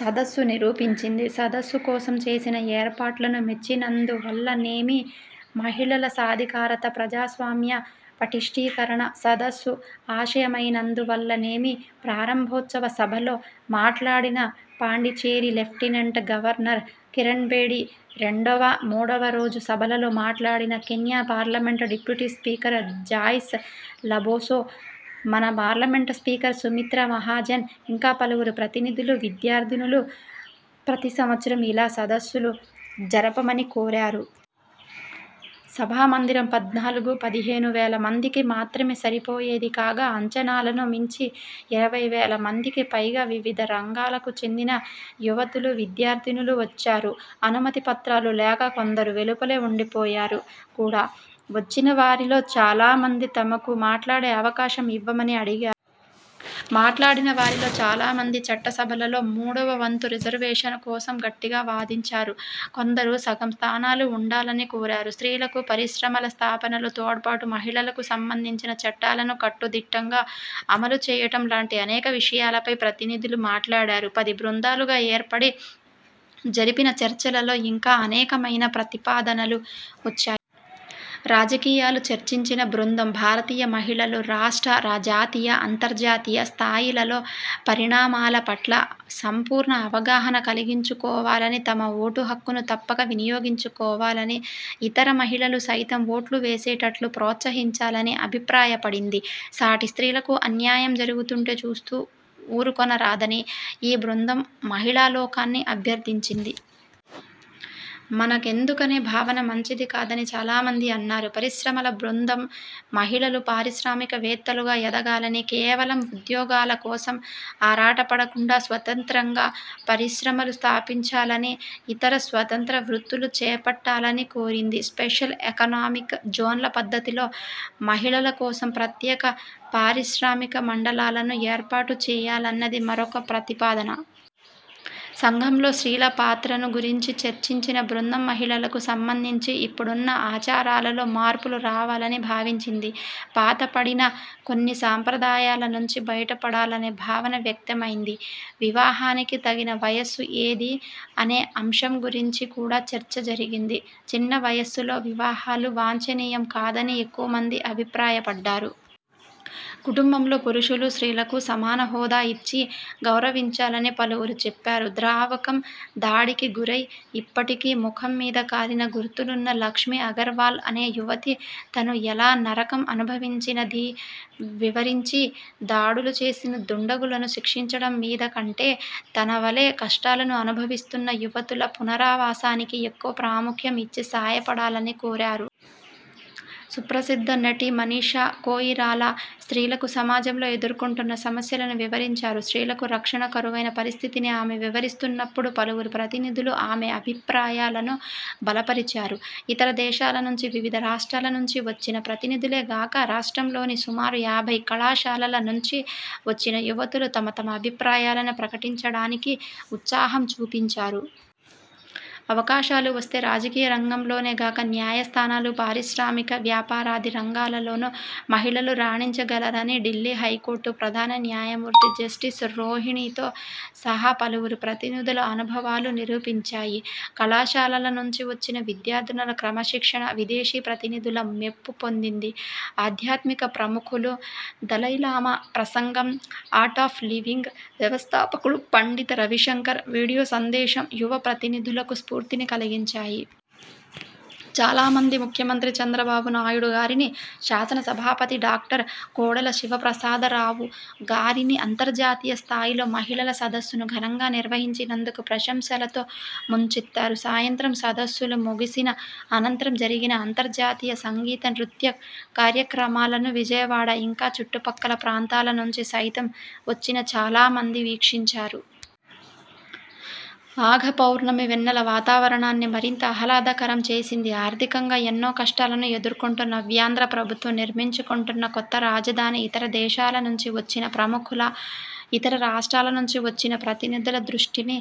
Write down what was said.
సదస్సు నిరూపించింది. సదస్సు కోసం చేసిన ఏర్పాట్లను మెచ్చినందువల్లనేమి, 'మహిళల సాధికారత ప్రజాస్వామ్య పటిష్ఠీకరణ' సదస్సు ఆశయమైనందువల్లనేమి, ప్రారంభోత్సవ సభలో మాట్లాడిన పాండిచేరి లెఫ్టినెంట్ గవర్నర్ కిరణ్బేడి, రెండవ, మూడవ రోజు సభలలో మాట్లాడిన Kenya parliament deputy speaker Joyce Laboso, మన పార్లమెంట్ స్పీకర్ సుమిత్రా మహాజన్, ఇంకా పలువురు ప్రతినిధులు, విద్యార్థినులు ప్రతి సంవత్సరం ఇలా సదస్సులు జరపమని కోరారు. సభామందిరం పద్నాలుగు, పదిహేను వేల మందికి మాత్రమే సరిపోయేది కాగా అంచనాలను మించి ఇరవై వేల మందికి పైగా వివిధ రంగాలకు చెందిన యువతులు, విద్యార్థినులు వచ్చారు. అనుమతి పత్రాలు లేక కొందరు వెలుపలే ఉండిపోయారు కూడా. వచ్చిన వారిలో చాలా మంది తమకు మాట్లాడే అవకాశం ఇవ్వమని అడిగారు. మాట్లాడిన వారిలో చాలా మంది చట్టసభలలో మూడవ వంతు రిజర్వేషను కోసం గట్టిగా వాదించారు. కొందరు సగం స్థానాలు ఉండాలని కోరారు. స్త్రీలకు పరిశ్రమల స్థాపనలో తోడ్పాటు, మహిళలకు సంబంధించిన చట్టాలను కట్టుదిట్టంగా అమలు చేయటం లాంటి అనేక విషయాలపై ప్రతినిధులు మాట్లాడారు. పది బృందాలుగా ఏర్పడి జరిపిన చర్చలలో ఇంకా అనేకమైన ప్రతిపాదనలు వచ్చాయి. రాజకీయాలు చర్చించిన బృందం భారతీయ మహిళలు రాష్ట్ర, జాతీయ, అంతర్జాతీయ స్థాయిలలో పరిణామాల పట్ల సంపూర్ణ అవగాహన కలిగించుకోవాలనీ, తమ ఓటు హక్కును తప్పక వినియోగించుకోవాలనీ, ఇతర మహిళలు సైతం ఓట్లు వేసేటట్లు ప్రోత్సహించాలనీ అభిప్రాయపడింది. సాటి స్త్రీలకు అన్యాయం జరుగుతుంటే చూస్తూ వూరుకొనరాదని ఈ బృందం మహిళాలోకాన్ని అభ్యర్థించింది. మనకెందుకనే భావన మంచిది కాదని చాలామంది అన్నారు. పరిశ్రమల బృందం మహిళలు పారిశ్రామికవేత్తలుగా ఎదగాలనీ, కేవలం ఉద్యోగాల కోసం ఆరాటపడకుండా స్వతంత్రంగా పరిశ్రమలు స్థాపించాలనీ, ఇతర స్వతంత్ర వృత్తులు చేపట్టాలనీ కోరింది. స్పెషల్ ఎకనామిక్ జోన్ల పద్ధతిలో మహిళల కోసం ప్రత్యేక పారిశ్రామిక మండలాలను ఏర్పాటు చేయాలన్నది మరొక ప్రతిపాదన. సంఘంలో స్త్రీల పాత్రను గురించి చర్చించిన బృందం మహిళలకు సంబంధించి ఇప్పుడున్న ఆచారాలలో మార్పులు రావాలని భావించింది. పాతపడిన కొన్ని సంప్రదాయాల నుంచి బయటపడాలనే భావన వ్యక్తమైంది. వివాహానికి తగిన వయస్సు ఏది అనే అంశం గురించి కూడా చర్చ జరిగింది. చిన్న వయస్సులో వివాహాలు వాంఛనీయం కాదని ఎక్కువమంది అభిప్రాయపడ్డారు. కుటుంబంలో పురుషులు స్త్రీలకు సమాన హోదా ఇచ్చి గౌరవించాలని పలువురు చెప్పారు. ద్రావకం దాడికి గురై, ఇప్పటికీ ముఖం మీద కాలిన గుర్తులున్న లక్ష్మీ అగర్వాల్ అనే యువతి తను ఎలా నరకం అనుభవించినదీ వివరించి, దాడులు చేసిన దుండగులను శిక్షించటం మీద కంటే తన వలె కష్టాలను అనుభవిస్తున్న యువతుల పునరావాసానికి ఎక్కువ ప్రాముఖ్యం ఇచ్చి సాయపడాలని కోరారు. సుప్రసిద్ధ నటి మనీషా కోయిరాలా స్త్రీలకు సమాజంలో ఎదుర్కొంటున్న సమస్యలను వివరించారు. స్త్రీలకు రక్షణ కరువైన పరిస్థితిని ఆమె వివరిస్తున్నప్పుడు పలువురు ప్రతినిధులు ఆమె అభిప్రాయాలను బలపరిచారు. ఇతర దేశాల నుంచి, వివిధ రాష్ట్రాల నుంచి వచ్చిన ప్రతినిధులే గాక, రాష్ట్రంలోని సుమారు యాభై కళాశాలల నుంచి వచ్చిన యువతులు తమ తమ అభిప్రాయాలను ప్రకటించటానికి ఉత్సాహం చూపించారు. అవకాశాలు వస్తే రాజకీయ రంగంలోనే గాక, న్యాయస్థానాలు, పారిశ్రామిక, వ్యాపారాది రంగాలలోను మహిళలు రాణించగలరని ఢిల్లీ హైకోర్టు ప్రధాన న్యాయమూర్తి జస్టిస్ రోహిణితో సహా పలువురు ప్రతినిధుల అనుభవాలు నిరూపించాయి. కళాశాలల నుంచి వచ్చిన విద్యార్థినుల క్రమశిక్షణ విదేశీ ప్రతినిధుల మెప్పు పొందింది. ఆధ్యాత్మిక ప్రముఖులు దలైలామా ప్రసంగం, 'ఆర్ట్ ఆఫ్ లివింగ్' వ్యవస్థాపకుడు పండిత రవిశంకర్ వీడియో సందేశం యువ ప్రతినిధులకు స్ఫూర్తిని కలిగించాయి. చాలా మంది ముఖ్యమంత్రి చంద్రబాబు నాయుడు గారినీ, శాసనసభాపతి డాక్టర్ కోడెల శివప్రసాదరావు గారినీ అంతర్జాతీయ స్థాయిలో మహిళల సదస్సును ఘనంగా నిర్వహించినందుకు ప్రశంసలతో ముంచెత్తారు. సాయంత్రం సదస్సులు ముగిసిన అనంతరం జరిగిన అంతర్జాతీయ సంగీత నృత్య కార్యక్రమాలను విజయవాడ, ఇంకా చుట్టుపక్కల ప్రాంతాల నుంచి సైతం వచ్చిన చాలా మంది వీక్షించారు. మాఘ పౌర్ణమి వెన్నెల వాతావరణాన్ని మరింత ఆహ్లాదకరం చేసింది. ఆర్థికంగా ఎన్నో కష్టాలను ఎదుర్కొంటూ నవ్యాంధ్ర ప్రభుత్వం నిర్మించుకొంటున్న కొత్త రాజధాని ఇతర దేశాల నుంచి వచ్చిన ప్రముఖుల, ఇతర రాష్ట్రాల నుంచి వచ్చిన ప్రతినిధుల దృష్టిని